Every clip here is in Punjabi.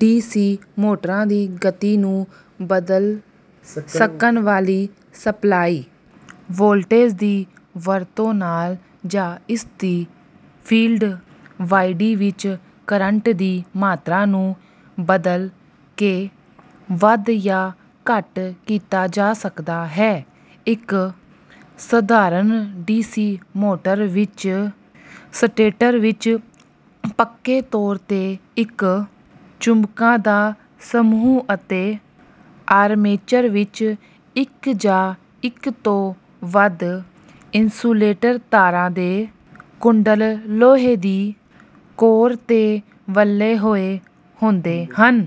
ਡੀ ਸੀ ਮੋਟਰਾਂ ਦੀ ਗਤੀ ਨੂੰ ਬਦਲ ਸਕਣ ਵਾਲੀ ਸਪਲਾਈ ਵੋਲਟੇਜ ਦੀ ਵਰਤੋਂ ਨਾਲ ਜਾਂ ਇਸਦੀ ਫੀਲਡ ਵਾਇੰਡਿੰਗ ਵਿੱਚ ਕਰੰਟ ਦੀ ਮਾਤਰਾ ਨੂੰ ਬਦਲ ਕੇ ਵੱਧ ਜਾਂ ਘੱਟ ਕੀਤਾ ਜਾ ਸਕਦਾ ਹੈ। ਇੱਕ ਸਧਾਰਨ ਡੀ ਸੀ ਮੋਟਰ ਵਿੱਚ ਸਟੇਟਰ ਵਿੱਚ ਪੱਕੇ ਤੌਰ ਤੇ ਇੱਕ ਚੁੰਬਕਾਂ ਦਾ ਸਮੂਹ ਅਤੇ ਆਰਮੇਚਰ ਵਿੱਚ ਇੱਕ ਜਾਂ ਇੱਕ ਤੋਂ ਵੱਧ ਇੰਸੂਲੇਟਡ ਤਾਰਾਂ ਦੇ ਕੁੰਡਲ ਲੋਹੇ ਦੀ ਕੋਰ ਤੇ ਵਲੇ ਹੋਏ ਹੁੰਦੇ ਹਨ,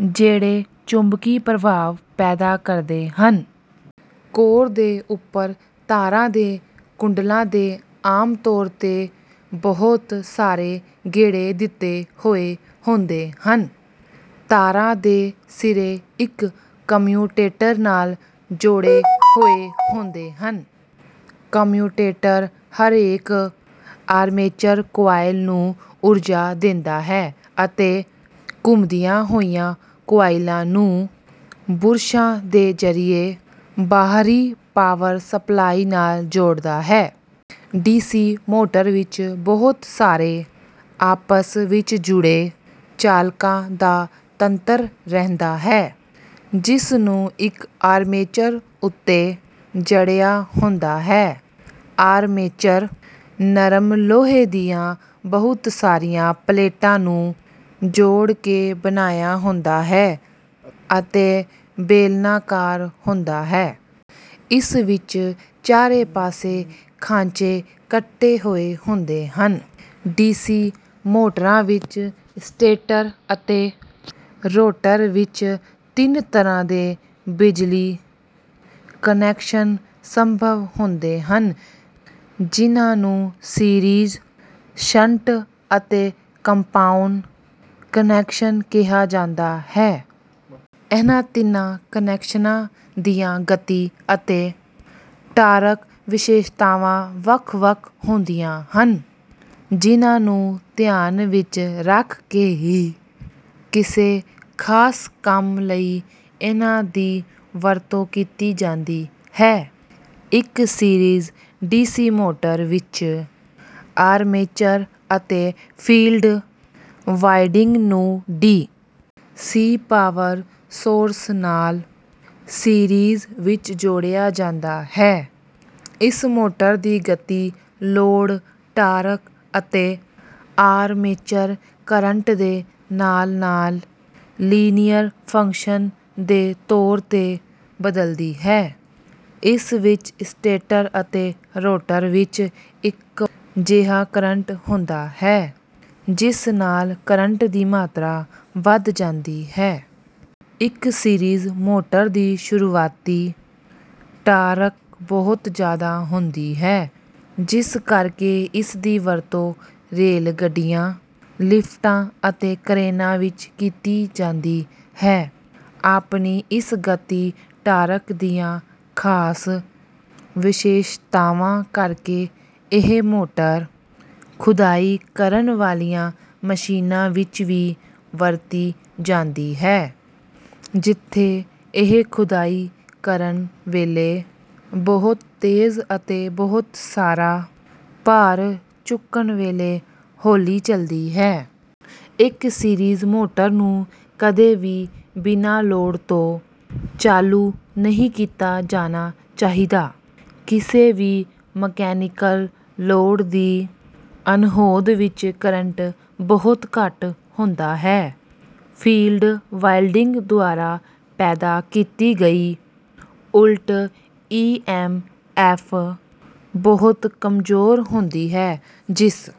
ਜਿਹੜੇ ਚੁੰਬਕੀ ਪ੍ਰਭਾਵ ਪੈਦਾ ਕਰਦੇ ਹਨ। ਕੋਰ ਦੇ ਉੱਪਰ ਤਾਰਾਂ ਦੇ ਕੁੰਡਲਾਂ ਦੇ ਆਮ ਤੌਰ ਤੇ ਬਹੁਤ ਸਾਰੇ ਗੇੜੇ ਦਿੱਤੇ ਹੋਏ ਹੁੰਦੇ ਹਨ। ਤਾਰਾਂ ਦੇ ਸਿਰੇ ਇੱਕ ਕਮਿਊਟੇਟਰ ਨਾਲ ਜੋੜੇ ਹੋਏ ਹੁੰਦੇ ਹਨ। ਕਮਿਊਟੇਟਰ ਹਰੇਕ ਆਰਮੇਚਰ ਕੁਆਇਲ ਨੂੰ ਊਰਜਾ ਦਿੰਦਾ ਹੈ ਅਤੇ ਘੁੰਮਦੀਆਂ ਹੋਈਆਂ ਕੁਆਇਲਾਂ ਨੂੰ ਬੁਰਸ਼ਾਂ ਦੇ ਜ਼ਰੀਏ ਬਾਹਰੀ ਪਾਵਰ ਸਪਲਾਈ ਨਾਲ ਜੋੜਦਾ ਹੈ। ਡੀਸੀ ਮੋਟਰ ਵਿੱਚ ਬਹੁਤ ਸਾਰੇ ਆਪਸ ਵਿੱਚ ਜੁੜੇ ਚਾਲਕਾਂ ਦਾ ਤੰਤਰ ਰਹਿੰਦਾ ਹੈ, ਜਿਸਨੂੰ ਇੱਕ ਆਰਮੇਚਰ ਉੱਤੇ ਜੜਿਆ ਹੁੰਦਾ ਹੈ। ਆਰਮੇਚਰ, ਨਰਮ ਲੋਹੇ ਦੀਆਂ ਬਹੁਤ ਸਾਰੀਆਂ ਪਲੇਟਾਂ ਨੂੰ ਜੋੜ ਕੇ ਬਣਾਇਆ ਹੁੰਦਾ ਹੈ ਅਤੇ ਬੇਲਨਾਕਾਰ ਹੁੰਦਾ ਹੈ। ਇਸ ਵਿੱਚ ਚਾਰੇ ਪਾਸੇ ਖਾਂਚੇ ਕੱਟੇ ਹੋਏ ਹੁੰਦੇ ਹਨ। ਡੀ ਸੀ ਮੋਟਰਾਂ ਵਿੱਚ ਸਟੇਟਰ ਅਤੇ ਰੋਟਰ ਵਿੱਚ ਤਿੰਨ ਤਰ੍ਹਾਂ ਦੇ ਬਿਜਲਈ ਕਨੈਕਸ਼ਨ ਸੰਭਵ ਹੁੰਦੇ ਹਨ, ਜਿਹਨਾਂ ਨੂੰ ਸੀਰੀਜ਼, ਸ਼ੰਟ ਅਤੇ ਕੰਪਾਊਂਡ ਕਨੈਕਸ਼ਨ ਕਿਹਾ ਜਾਂਦਾ ਹੈ। ਇਹਨਾਂ ਤਿੰਨਾਂ ਕਨੈਕਸ਼ਨਾਂ ਦੀਆਂ ਗਤੀ ਅਤੇ ਟਾਰਕ ਵਿਸ਼ੇਸ਼ਤਾਵਾਂ ਵੱਖ-ਵੱਖ ਹੁੰਦੀਆਂ ਹਨ, ਜਿਹਨਾਂ ਨੂੰ ਧਿਆਨ ਵਿੱਚ ਰੱਖ ਕੇ ਹੀ ਕਿਸੇ ਖਾਸ ਕੰਮ ਲਈ ਇਹਨਾਂ ਦੀ ਵਰਤੋਂ ਕੀਤੀ ਜਾਂਦੀ ਹੈ। ਇੱਕ ਸੀਰੀਜ਼ ਡੀ ਸੀ ਮੋਟਰ ਵਿੱਚ ਆਰਮੇਚਰ ਅਤੇ ਫੀਲਡ ਵਾਇੰਡਿੰਗ ਨੂੰ ਡੀ. ਸੀ. ਪਾਵਰ ਸੋਰਸ ਨਾਲ ਸੀਰੀਜ਼ ਵਿੱਚ ਜੋੜਿਆ ਜਾਂਦਾ ਹੈ। ਇਸ ਮੋਟਰ ਦੀ ਗਤੀ ਲੋਡ ਟਾਰਕ ਅਤੇ ਆਰਮੇਚਰ ਕਰੰਟ ਦੇ ਨਾਲ ਨਾਨ-ਲੀਨੀਅਰ ਫੰਕਸ਼ਨ ਦੇ ਤੌਰ ਤੇ ਬਦਲਦੀ ਹੈ। ਇਸ ਵਿੱਚ ਸਟੇਟਰ ਅਤੇ ਰੋਟਰ ਵਿੱਚ ਇੱਕੋ ਜਿਹਾ ਕਰੰਟ ਹੁੰਦਾ ਹੈ ਜਿਸ ਨਾਲ ਕਰੰਟ ਦੀ ਮਾਤਰਾ ਵਧ ਜਾਂਦੀ ਹੈ। ਇੱਕ ਸੀਰੀਜ਼ ਮੋਟਰ ਦੀ ਸ਼ੁਰੂਆਤੀ ਟਾਰਕ ਬਹੁਤ ਜ਼ਿਆਦਾ ਹੁੰਦੀ ਹੈ ਜਿਸ ਕਰਕੇ ਇਸਦੀ ਵਰਤੋਂ ਰੇਲਗੱਡੀਆਂ, ਲਿਫਟਾਂ ਅਤੇ ਕਰੇਨਾਂ ਵਿੱਚ ਕੀਤੀ ਜਾਂਦੀ ਹੈ। ਆਪਣੀਆਂ ਇਸ ਗਤੀ-ਟਾਰਕ ਦੀਆਂ ਖਾਸ ਵਿਸ਼ੇਸ਼ਤਾਵਾਂ ਕਰਕੇ ਇਹ ਮੋਟਰ ਖੁਦਾਈ ਕਰਨ ਵਾਲੀਆਂ ਮਸ਼ੀਨਾਂ ਵਿੱਚ ਵੀ ਵਰਤੀ ਜਾਂਦੀ ਹੈ ਜਿੱਥੇ ਇਹ ਖੁਦਾਈ ਕਰਨ ਵੇਲੇ ਬਹੁਤ ਤੇਜ਼ ਅਤੇ ਬਹੁਤ ਸਾਰਾ ਭਾਰ ਚੁੱਕਣ ਵੇਲੇ ਹੌਲੀ ਚੱਲਦੀ ਹੈ। ਇੱਕ ਸੀਰੀਜ਼ ਮੋਟਰ ਨੂੰ ਕਦੇ ਵੀ ਬਿਨ੍ਹਾਂ ਲੋਡ ਤੋਂ ਚਾਲੂ ਨਹੀਂ ਕੀਤਾ ਜਾਣਾ ਚਾਹੀਦਾ। ਕਿਸੇ ਵੀ ਮਕੈਨੀਕਲ ਲੋਡ ਦੀ ਅਣਹੋਂਦ ਵਿੱਚ ਕਰੰਟ ਬਹੁਤ ਘੱਟ ਹੁੰਦਾ ਹੈ, ਫੀਲਡ ਵਾਇੰਡਿੰਗ ਦੁਆਰਾ ਪੈਦਾ ਕੀਤੀ ਗਈ ਉਲਟ-ਈ ਐਮ ਐਫ ਬਹੁਤ ਕਮਜ਼ੋਰ ਹੁੰਦੀ ਹੈ, ਜਿਸ...